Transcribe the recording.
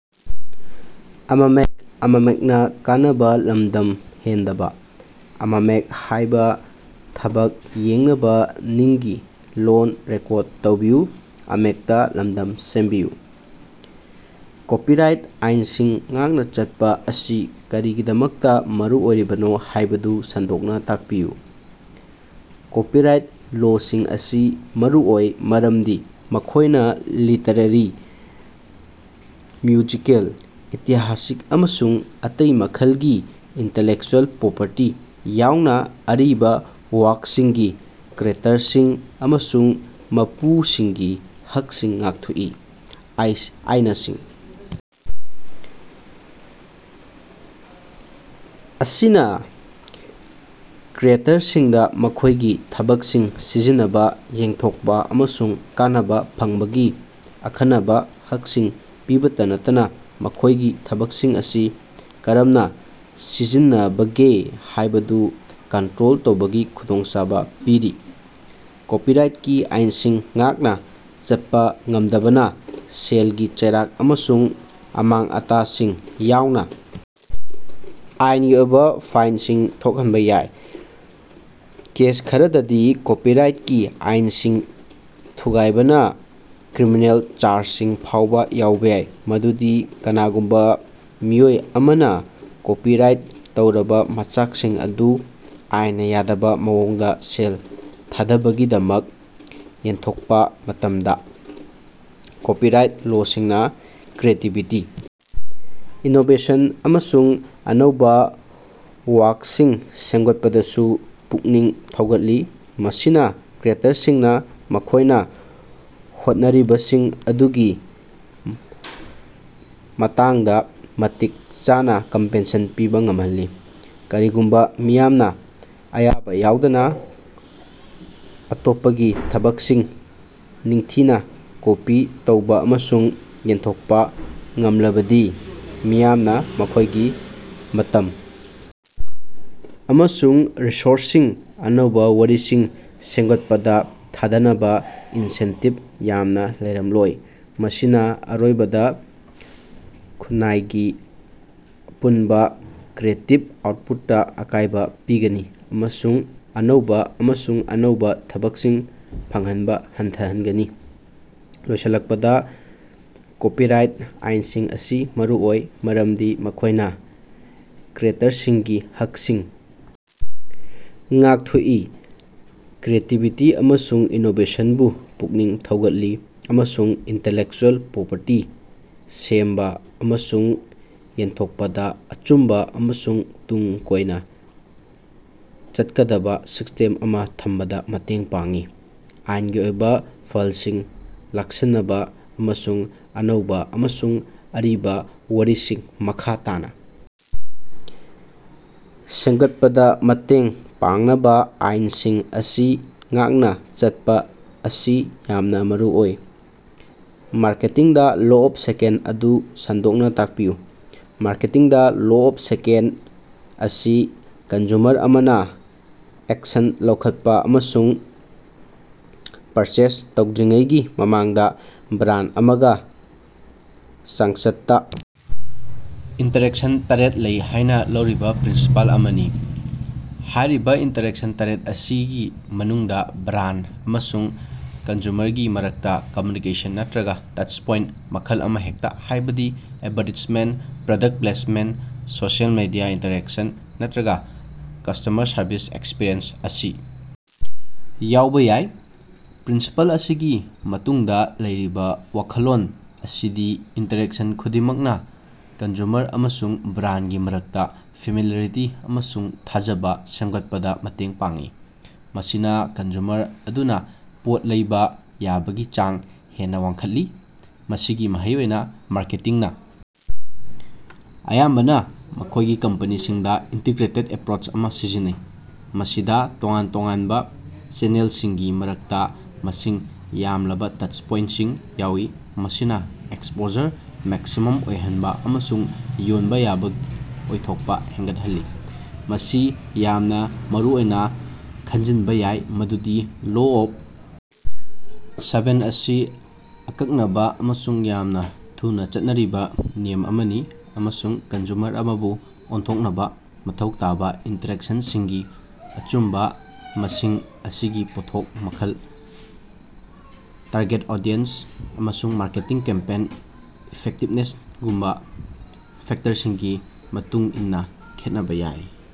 ꯀꯣꯄꯤꯔꯥꯏꯠꯀꯤ ꯑꯥꯏꯅꯁꯤꯡ ꯉꯥꯛꯅ ꯆꯠꯄꯥ ꯑꯁꯤ ꯀꯔꯤꯒꯤꯗꯃꯛꯇꯥ ꯃꯔꯨꯑꯣꯏꯕꯅꯣ ꯍꯥꯏꯕꯗꯨ ꯁꯟꯗꯣꯛꯅꯥ ꯇꯥꯛꯄꯤꯌꯨ꯫ ꯀꯣꯄꯤꯔꯥꯏꯠ ꯂꯣꯁꯤꯡ ꯑꯁꯤ ꯃꯔꯨꯑꯣꯏ ꯃꯔꯝꯗꯤ ꯃꯈꯣꯏꯅꯥ ꯂꯤꯇꯔꯦꯔꯤ, ꯃ꯭ꯌꯨꯖꯤꯀꯦꯜ, ꯑꯥꯔꯇꯤꯁ꯭ꯇꯤꯛ, ꯑꯃꯁꯨꯡ ꯑꯇꯩ ꯃꯈꯜꯒꯤ ꯏꯟꯇꯦꯂꯦꯛꯆꯨꯑꯦꯜ ꯄ꯭ꯔꯣꯄꯔꯇꯤ ꯌꯥꯎꯅ ꯑꯔꯤꯕ ꯋꯥꯔꯛꯁꯤꯡꯒꯤ ꯀ꯭ꯔꯤꯌꯦꯇꯔꯁꯤꯡ ꯑꯃꯁꯨꯡ ꯃꯄꯨꯁꯤꯡꯒꯤ ꯍꯛꯁꯤꯡ ꯉꯥꯛꯊꯣꯛꯏ꯫ ꯑꯥꯏꯅꯁꯤꯡ ꯑꯁꯤꯅ ꯀ꯭ꯔꯤꯌꯦꯇꯔꯁꯤꯡꯗ ꯃꯈꯣꯏꯒꯤ ꯊꯕꯛꯁꯤꯡ ꯁꯤꯖꯤꯟꯅꯕꯥ, ꯌꯦꯟꯊꯣꯛꯄꯥ ꯑꯃꯁꯨꯡ ꯀꯥꯟꯅꯕꯥ ꯐꯪꯅꯕꯒꯤ ꯑꯈꯟꯅꯕꯥ ꯍꯛꯁꯤꯡ ꯄꯤꯕꯇꯥ ꯅꯠꯇꯅꯥ ꯃꯈꯣꯏꯒꯤ ꯊꯕꯛꯁꯤꯡ ꯑꯁꯤ ꯀꯔꯝꯅꯥ ꯁꯤꯖꯤꯟꯅꯕꯒꯦ ꯍꯥꯏꯕꯗꯨ ꯀꯟꯇꯔꯣꯜ ꯇꯧꯕꯒꯤ ꯈꯨꯗꯣꯡꯆꯥꯕ ꯄꯤꯔꯤ꯫ ꯀꯣꯄꯤꯔꯥꯏꯠꯀꯤ ꯑꯥꯏꯅꯁꯤꯡ ꯉꯥꯛꯅꯥ ꯆꯠꯄꯥ ꯉꯝꯗꯕꯅꯥ ꯁꯦꯜꯒꯤ ꯆꯩꯔꯥꯛ ꯑꯃꯁꯨꯡ ꯑꯃꯥꯡ-ꯑꯇꯥꯁꯤꯡ ꯌꯥꯎꯅ ꯑꯥꯏꯒꯤ ꯑꯣꯏꯕꯥ ꯐꯥꯏꯜꯁꯤꯡ ꯊꯣꯛꯍꯟꯕꯥ ꯌꯥꯏ꯫ ꯀꯦꯁ ꯈꯔꯗꯗꯤ, ꯀꯣꯄꯤꯔꯥꯏꯇꯀꯤ ꯑꯥꯏꯅꯁꯤꯡ ꯊꯨꯒꯥꯏꯕꯅꯥ ꯀ꯭ꯔꯤꯃꯤꯅꯦꯜ ꯆꯥꯔꯖꯁꯤꯡ ꯐꯥꯎꯕ ꯌꯥꯎꯕ ꯌꯥꯏ, ꯃꯗꯨꯗꯤ ꯀꯅꯥꯒꯨꯝꯕ ꯃꯤꯑꯣꯏ ꯑꯃꯅ ꯀꯣꯄꯤꯔꯥꯏꯠ ꯇꯧꯔꯕ ꯃꯆꯥꯛꯁꯤꯡ ꯑꯗꯨ ꯑꯥꯏꯟꯅ ꯌꯥꯗꯕ ꯃꯑꯣꯡꯗ ꯁꯦꯜ ꯊꯥꯗꯕꯒꯤꯗꯃꯛ ꯌꯦꯟꯊꯣꯛꯄꯥ ꯃꯇꯝꯗ꯫ ꯀꯣꯄꯤꯔꯥꯏꯠ ꯂꯣꯁꯤꯡꯅ ꯀ꯭ꯔꯤꯌꯦꯇꯤꯕꯤꯇꯤ, ꯏꯅꯣꯕꯦꯁꯟ, ꯑꯃꯁꯨꯡ ꯑꯅꯧꯕ ꯋꯥꯔꯛꯁꯤꯡ ꯁꯦꯝꯒꯠꯄꯗꯁꯨ ꯄꯨꯛꯅꯤꯡ ꯊꯧꯒꯠꯂꯤ, ꯃꯁꯤꯅ ꯀ꯭ꯔꯤꯌꯦꯇꯔꯁꯤꯡꯅ ꯃꯈꯣꯏꯅ ꯍꯣꯠꯅꯔꯤꯕꯁꯤꯡ ꯑꯗꯨꯒꯤ ꯃꯇꯥꯡꯗ ꯃꯇꯤꯛ ꯆꯥꯅ ꯀꯝꯄꯦꯟꯁꯟ ꯄꯤꯕ ꯉꯝꯍꯜꯂꯤ꯫ ꯀꯔꯤꯒꯨꯝꯕꯥ ꯃꯤꯌꯥꯝꯅ ꯑꯌꯥꯕ ꯌꯥꯎꯗꯅ ꯑꯇꯣꯞꯄꯒꯤ ꯊꯕꯛꯁꯤꯡ ꯅꯤꯡꯊꯤꯅ ꯀꯣꯄꯤ ꯇꯧꯕ ꯑꯃꯁꯨꯡ ꯌꯦꯟꯊꯣꯛꯄ ꯉꯝꯂꯕꯗꯤ ꯃꯤꯌꯥꯝꯅ ꯃꯈꯣꯏꯒꯤ ꯃꯇꯝ ꯑꯃꯁꯨꯡ ꯔꯤꯁꯣꯔꯁꯁꯤꯡ ꯑꯅꯧꯕ ꯋꯥꯔꯤꯁꯤꯡ ꯁꯦꯝꯒꯠꯄꯗꯥ ꯊꯥꯗꯅꯕꯥ ꯏꯟꯁꯦꯟꯇꯤꯕ ꯌꯥꯝꯅ ꯂꯩꯔꯝꯂꯣꯏ꯫ ꯃꯁꯤꯅ ꯑꯔꯣꯏꯕꯗꯥ ꯈꯨꯟꯅꯥꯏꯒꯤ ꯑꯄꯨꯟꯕꯥ ꯀ꯭ꯔꯤꯌꯦꯇꯤꯕ ꯑꯥꯎꯠꯄꯨꯠꯇ ꯑꯀꯥꯏꯕ ꯄꯤꯒꯅꯤ ꯑꯃꯁꯨꯡ ꯑꯅꯧꯕ ꯑꯃꯁꯨꯡ ꯑꯅꯧꯕ ꯊꯕꯛꯁꯤꯡ ꯐꯪꯍꯟꯕ ꯍꯟꯊꯍꯟꯒꯅꯤ꯫ ꯂꯣꯏꯁꯤꯜꯂꯛꯄꯗ, ꯀꯣꯄꯤꯔꯥꯏꯠꯀꯤ ꯑꯥꯏꯟꯁꯤꯡ ꯑꯁꯤ ꯃꯔꯨꯑꯣꯏ ꯃꯔꯝꯗꯤ ꯃꯈꯣꯏꯅ ꯀ꯭ꯔꯤꯌꯦꯇꯔꯁꯤꯡꯒꯤ ꯍꯛꯁꯤꯡ ꯉꯥꯛꯊꯣꯛꯏ, ꯀ꯭ꯔꯤꯌꯦꯇꯤꯕꯤꯇꯤ ꯑꯃꯁꯨꯡ ꯏꯅꯣꯕꯦꯁꯟꯕꯨ ꯄꯨꯛꯅꯤꯡ ꯊꯧꯒꯠꯂꯤ, ꯑꯃꯁꯨꯡ ꯏꯟꯇꯦꯂꯦꯛꯆꯨꯑꯦꯜ ꯄ꯭ꯔꯣꯄꯔꯇꯤ ꯁꯦꯝꯕꯥ ꯑꯃꯁꯨꯡ ꯌꯦꯟꯊꯣꯛꯄꯗ ꯑꯆꯨꯝꯕ ꯑꯃꯁꯨꯡ ꯇꯨꯡ ꯀꯣꯏꯅ ꯆꯠꯀꯗꯕꯥ ꯁꯤꯁ꯭ꯇꯦꯝ ꯑꯃ ꯊꯝꯕꯗꯥ ꯃꯇꯦꯡ ꯄꯥꯡꯏ꯫ ꯑꯥꯏꯟꯒꯤ ꯑꯣꯏꯕ ꯐꯦꯜꯁꯤꯡ ꯂꯥꯛꯁꯤꯟꯅꯕꯥ ꯑꯃꯁꯨꯡ ꯑꯅꯧꯕ ꯑꯃꯁꯨꯡ ꯑꯔꯤꯕ ꯋꯥꯔꯤꯁꯤꯡ ꯃꯈꯥ ꯇꯥꯅ ꯁꯦꯝꯒꯠꯄꯗꯥ ꯃꯇꯦꯡ ꯄꯥꯡꯅꯕꯥ ꯑꯥꯏꯟꯁꯤꯡ ꯑꯁꯤ ꯉꯥꯛꯅ ꯆꯠꯄꯥ ꯑꯁꯤ ꯌꯥꯝꯅ ꯃꯔꯨꯑꯣꯏ꯫ ꯃꯥꯔꯀꯦꯇꯤꯡꯗꯥ ꯂꯣ ꯑꯣꯐ ꯁꯦꯚꯦꯟ ꯑꯗꯨ ꯁꯟꯗꯣꯛꯅ ꯇꯥꯛꯄꯤꯌꯨ꯫ ꯃꯥꯔꯀꯦꯇꯤꯡꯗꯥ ꯂꯣ ꯑꯣꯐ ꯁꯦꯚꯦꯟ ꯑꯁꯤ ꯀꯟꯖꯨꯃꯔ ꯑꯃꯅ ꯑꯦꯛꯁꯟ ꯂꯧꯈꯠꯄꯥ ꯑꯃꯁꯨꯡ ꯄꯔꯆꯦꯖ ꯇꯧꯗ꯭ꯔꯤꯉꯩꯒꯤ ꯃꯃꯥꯡꯗ ꯕ꯭ꯔꯥꯟꯗ ꯑꯃꯒ ꯆꯥꯡꯆꯠꯇꯥ ꯏꯟꯇꯔꯦꯛꯁꯟ ꯇꯔ‌ꯦꯠ ꯂꯧꯏ ꯍꯥꯏꯅꯥ ꯂꯧꯔꯤꯕꯥ ꯄ꯭ꯔꯤꯟꯁꯤꯄꯜ ꯑꯃꯅꯤ꯫ ꯍꯥꯏꯔꯤꯕꯥ ꯏꯟꯇꯔꯦꯛꯁꯟ ꯇꯔ‌ꯦꯠ ꯑꯁꯤꯒꯤ ꯃꯅꯨꯡꯗꯥ ꯕ꯭ꯔꯥꯟꯗ ꯑꯃꯁꯨꯡ ꯀꯟꯖꯨꯃꯔꯒꯤ ꯃꯔꯛꯇꯥ ꯀꯝꯃꯌꯨꯅꯤꯀꯦꯁꯟ ꯅꯠꯇꯔꯒ ꯇꯁꯠꯄꯣꯏꯟꯇ ꯃꯈꯜ ꯑꯃꯍꯦꯛꯇ, ꯍꯥꯏꯕꯗꯤ advertisement, product placement, social media interaction ꯅꯠꯇꯔꯒ ꯀꯁ꯭ꯇꯃꯔ ꯁꯔꯚꯤꯁ ꯑꯦꯛꯁꯄꯤꯔꯤꯑꯦꯟꯁ ꯑꯁꯤ ꯌꯥꯎꯕ ꯌꯥꯏ꯫ ꯄ꯭ꯔꯤꯟꯁꯤꯄꯜ ꯑꯁꯤꯒꯤ ꯃꯇꯨꯡꯗꯥ ꯂꯩꯔꯤꯕ ꯋꯥꯈꯜꯂꯣꯟ ꯑꯁꯤꯗꯤ ꯏꯟꯇꯔꯦꯛꯁꯟ ꯈꯨꯗꯤꯡꯃꯛꯅꯥ ꯀꯟꯖꯨꯃꯔ ꯑꯃꯁꯨꯡ ꯕ꯭ꯔꯥꯟꯗꯒꯤ ꯃꯔꯛꯇꯥ ꯐꯦꯃꯤꯂꯤꯌꯔꯤꯇꯤ ꯑꯃꯁꯨꯡ ꯊꯥꯖꯕ ꯁꯦꯝꯒꯠꯄꯗꯥ ꯃꯇꯦꯡ ꯄꯥꯡꯏ, ꯃꯁꯤꯅ ꯀꯟꯖꯨꯃꯔ ꯑꯗꯨꯅ ꯄꯣꯠ ꯂꯩꯕ ꯌꯥꯕꯒꯤ ꯆꯥꯡ ꯍꯦꯟꯅꯥ ꯋꯥꯡꯍꯜꯂꯤ꯫ ꯃꯁꯤꯒꯤ ꯃꯍꯩ ꯑꯣꯏꯅꯥ, ꯃꯥꯔꯀꯦꯇꯤꯡꯅꯥ ꯑꯌꯥꯝꯕꯅ ꯃꯈꯣꯏꯒꯤ ꯀꯦꯝꯄꯦꯅꯤꯁꯤꯡꯗꯥ ꯏꯟꯇꯤꯒ꯭ꯔꯦꯇꯦꯠ ꯑꯦꯄꯔꯣꯆ ꯑꯃ ꯁꯤꯖꯤꯟꯅꯩ, ꯃꯁꯤꯗꯥ ꯇꯣꯉꯥꯟ ꯇꯣꯉꯥꯟꯕ ꯆꯦꯅꯦꯜꯁꯤꯡꯒꯤ ꯃꯔꯛꯇ ꯃꯁꯤꯡ ꯌꯥꯝꯂꯕ ꯇꯁꯠꯄꯣꯏꯟꯇꯁꯤꯡ ꯌꯥꯎꯏ, ꯃꯁꯤꯅ ꯑꯦꯛꯁꯄꯣꯖꯔ ꯃꯦꯛꯁꯤꯃꯝ ꯑꯣꯏꯍꯟꯅꯕꯥ ꯑꯃꯁꯨꯡ ꯌꯣꯟꯕꯥ ꯌꯥꯕꯒꯤ ꯑꯣꯏꯊꯣꯛꯄ ꯍꯦꯒꯠꯍꯜꯂꯤ꯫ ꯃꯁꯤ ꯌꯥꯝꯅꯥ ꯃꯔꯨꯑꯣꯏꯅꯥ ꯈꯪꯖꯤꯟꯕꯥ ꯌꯥꯏ ꯃꯗꯨꯗꯤ ꯂꯣ ꯑꯣꯐ ꯁꯦꯚꯦꯟ ꯑꯁꯤ ꯑꯀꯛꯅꯕꯥ ꯑꯃꯁꯨꯡ ꯌꯥꯝꯅ ꯊꯨꯅꯥ ꯆꯠꯅꯔꯤꯕ ꯅꯤꯌꯝ ꯑꯃꯅꯤ ꯑꯃꯁꯨꯡ ꯀꯟꯖꯨꯃꯔ ꯑꯃꯕꯨ ꯑꯣꯟꯊꯣꯛꯅꯕꯥ ꯃꯊꯧ ꯇꯥꯕ ꯏꯟꯇꯔꯦꯛꯁꯤꯡꯒꯤ ꯑꯆꯨꯝꯕꯥ ꯃꯁꯤꯡ ꯑꯁꯤ ꯄꯣꯠꯊꯣꯛ ꯃꯈꯜ, ꯇꯥꯔꯒꯦꯠ ꯑꯣꯗꯤꯁꯟ, ꯑꯃꯁꯨꯡ ꯃꯥꯔꯀꯦꯇꯤꯡ ꯀꯦꯝꯄꯦꯅꯤ ꯏꯐꯦꯛꯇꯤꯕꯅꯦꯁꯒꯨꯝꯕꯥ ꯐꯦꯛꯇꯔꯁꯤꯡꯒꯤ ꯃꯇꯨꯡ ꯏꯟꯅꯥ ꯈꯦꯠꯅꯕꯥ ꯌꯥꯏ꯫